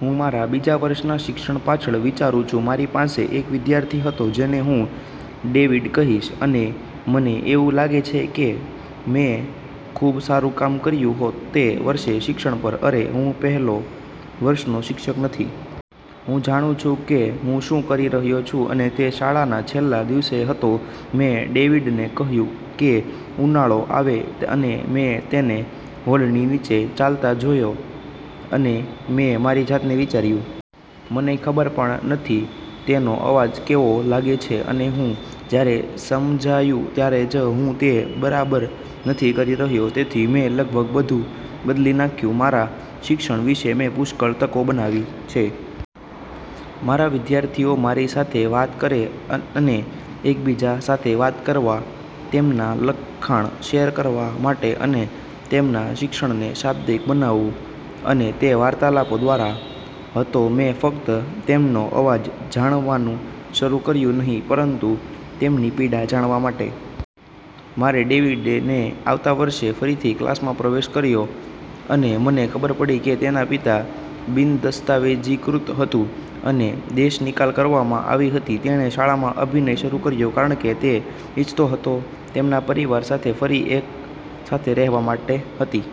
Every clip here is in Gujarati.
હું મારા બીજા વર્ષના શિક્ષણ પાછળ વિચરુંછું. મારી પાસે એક વિદ્યાર્થી હતો જેને હું ડેવિડ કહીશ, અને મને એવું લાગે છે મેં ખૂબ સારું કામ કર્યું હોત. તે વર્ષે શિક્ષણ પર અરે, હું પહેલો વર્ષનો શિક્ષક નથી. હું જાણું છું કે હું શું કરી રહ્યો છું અને તે શાળાના છેલ્લા દિવસે હતો, મેં ડેવિડને કહ્યું કે ઉનાળો આવે. અને મેં તેને હોલની નીચે ચાલતા જોયા અને મેં મારી જાતને વિચાર્યું. મને ખબર પણ નથી તેનો અવાજ કેવો લાગે છે અને હું જ્યારે સમજાયું ત્યારે જ હું તે બરાબર નથી કરી રહ્યો. તેથી મેં લગભગ બધું બદલી નાખ્યું. મારા શિક્ષણ વિશે મેં પુષ્કળ તકો બનાવી છે. મારા વિદ્યાર્થીઓ મારી સાથે વાત કરે છે અને એકબીજા સાથે વાત કરવા, તેમના લખાણ શેર કરવા માટે અને તેમના શિક્ષણને શાબ્દિક બનાવવું અને તે વાર્તાલાપો દ્વારા હતો મેં ફક્ત તેમનો અવાજ જાણવાનું શરૂ કર્યું નહીં, પરંતુ તેમની પીડા જાણવા માટે. મારે ડેવિડને આવતા વર્ષે ફરીથી ક્લાસમાં પ્રવેશ કર્યો અને મને ખબર પડી કે તેના પિતા બિનદસ્તાવેજીકૃત હતું અને દેશનિકાલ કરવામાં આવી હતી. તેણે શાળામાં અભિનય શરૂ કર્યો કારણ કે તે ઇચ્છતો હતો તેમના પરિવાર સાથે ફરી એક સાથે રહેવા માટે હતી.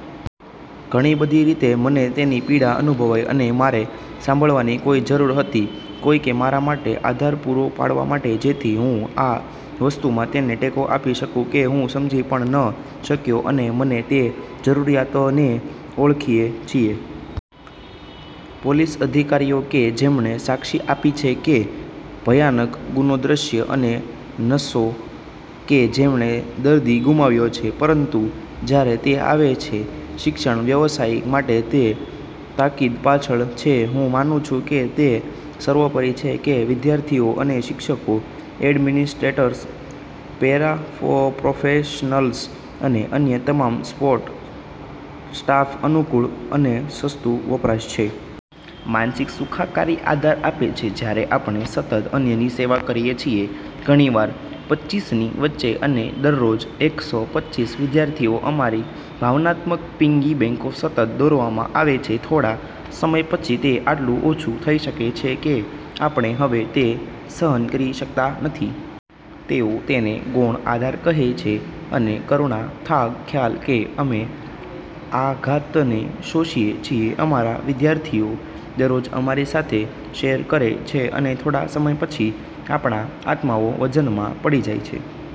ઘણી બધી રીતે, મને તેની પીડા અનુભવાઈ અને મારે સાંભળવાની કોઈની જરૂર હતી, કોઈએ મારા માટે આધાર પૂરો પાડવા માટે જેથી હું આ વસ્તુમાં તેનો ટેકો આપી શકું કે હું સમજી પણ ન શક્યો અને અમે તે જરૂરિયાતને ઓળખીએ છીએ. પોલીસ અધિકારીઓ કે જેમણે સાક્ષી આપી છે એક ભયાનક ગુનો દ્રશ્ય અને નર્સો કે જેમણે દર્દી ગુમાવ્યો છે. પરંતુ જ્યારે તે આવે છે શિક્ષણ વ્યવસાયિકો માટે, તે તાકીદ પાછળ છે. હું માનું છું કે તે સર્વોપરી છે કે વિદ્યાર્થીઓ અને શિક્ષકો, એડમિનિસ્ટ્રેટર્સ, પેરાપ્રોફેશનલ્સ અને અન્ય તમામ સપોર્ટ સ્ટાફ અનુકૂળ અને સસ્તું વપરાશ છે. માનસિક સુખાકારી આધાર આપે છે. જ્યારે આપણે સતત અન્યની સેવા કરીએ છીએ, ઘણીવાર પચ્ચીસની વચ્ચે અને દરરોજ એકસો પચ્ચીસ વિદ્યાર્થીઓ, અમારી ભાવનાત્મક પિગી બેંકો સતત દોરવામાં આવે છે. થોડા સમય પછી, તે આટલું ઓછું થઈ શકે છે, કે આપણે હવે તે સહન કરી શકતા નથી. તેઓ તેને ગૌણ આઘાત કહે છે અને કરુણા થાક, ખ્યાલ કે અમે આઘાતને શોષીએ છીએ. અમારા વિદ્યાર્થીઓ દરરોજ અમારી સાથે શેર કરે છે અને થોડા સમય પછી, આપણા આત્માઓ વજનમાં પડી જાય છે.